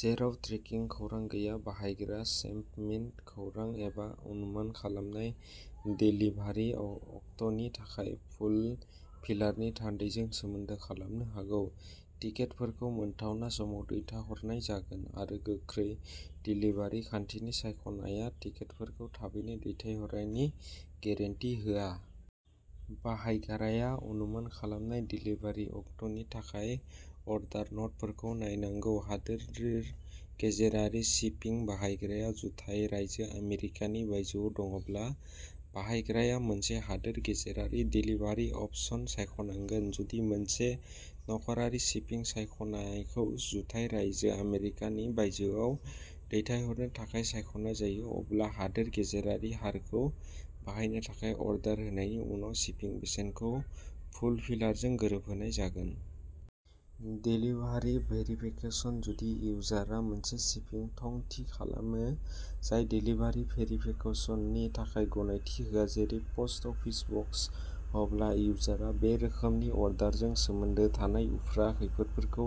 जेराव ट्रेकिं खौरां गैया, बाहायग्राया शिपमेन्ट खौरां एबा अनुमान खालामनाय देलिभारि अक्ट'नि थाखाय फुलफिलारनि थान्दैजों सोमोन्दो खालामनो हागौ। टिकेटफोरखौ मोनथावना समाव दैथायहरनाय जागोन, आरो गोख्रै देलिभारि खान्थिनि सायख'नाया टिकेटफोरखौ थाबैनो दैथायहरनायनि गेरेन्टि होआ। बाहायग्राया अनुमान खालामनाय देलिभारि अक्ट'नि थाखाय अर्डार न'टफोरखौ नायनांगौ। हादोर गेजेरारि शिपिं। बाहायग्राया जुथाइ रायजो आमेरिकानि बायजोआव दङब्ला, बाहायग्राया मोनसे हादोर गेजेरारि देलिभारि अपसन सायख'नांगोन। जुदि मोनसे नखरारि शिपिं सायख'नायखौ जुथाइ रायजो आमेरिकानि बायजोआव दैथायहरनो थाखाय सायख'नाय जायो, अब्ला हादोर गेजेरारि हारखौ बाहायनो थाखाय अर्डार होनायनि उनाव शिपिं बेसेनखौ फुलफिलारजों गोरोबहोनाय जागोन। Delivery verification. जुदि इउजारआ मोनसे शिपिं थं थि खालामो जाय देलिभारि भेरिफिकेसननि थाखाय गनायथि होआ, जेरै पस्ट अफिस बक्स, अब्ला इउजारआ बे रोखोमनि अर्डारजों सोमोन्दो थानाय उफ्रा खैफोदफोरखौ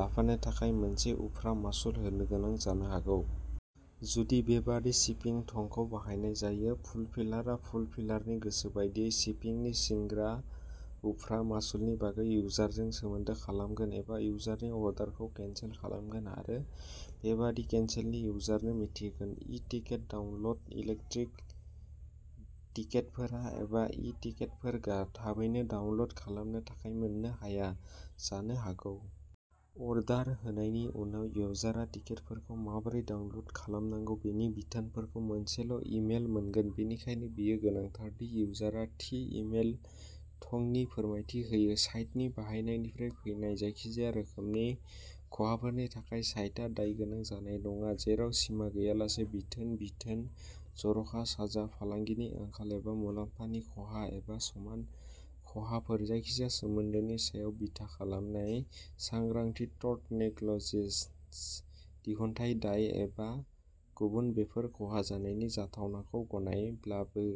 लाफानो थाखाय मोनसे उफ्रा मासुल होनो गोनां जानो हागौ। जुदि बेबादि शिपिं थंखौ बाहायनाय जायो, फुलफिलारआ फुलफिलारनि गोसो बादियै, शिपिंनि सिगां उफ्रा मासुलनि बागै इउजारजों सोमोन्दो खालामगोन एबा इउजारनि अर्डारखौ केन्सेल खालामगोन आरो बेबादि केन्सेलनि इउजारनो मिथिहोगोन। E ticket download. इलेक्ट्रनिक टिकेटफोर एबा "इ-टिकेटफोर" थाबैनो डाउनल'ड खालामनो थाखाय मोन्नो हाया जानो हागौ। अर्डार होनायनि उनाव, इउजारआ टिकेटफोरखौ माबोरै डाउनल'ड खालामनांगौ बेनि बिथोनफोरजों मोनसे इमेल मोनगोन; बेनिखायनो, बेयो गोनांथार दि इउजारआ थि इमेल थंनि फोरमायथि होयो। साइटनि बाहायनायनिफ्राय फैनाय जायखिजाया रोखोमनि खहाफोरनि थाखाय साइटआ दाय गोनां जानाय नङा, जेराव सिमा गैयालासे बिथोन, बिथोन, जर'खा, साजा, फालांगिनि आंखाल, एबा मुलाम्फानि खहा, एबा समान खहाफोर, जायखिजाया सोमोन्दोनि सायाव बिथा खालामनाय, सांग्रांथि, टर्ट, नेग्लिजेन्स, दिहुनथाय दाय एबा गुबुन, बेफोर खहा जानायनि जाथावनाखौ गनायनायब्लाबो।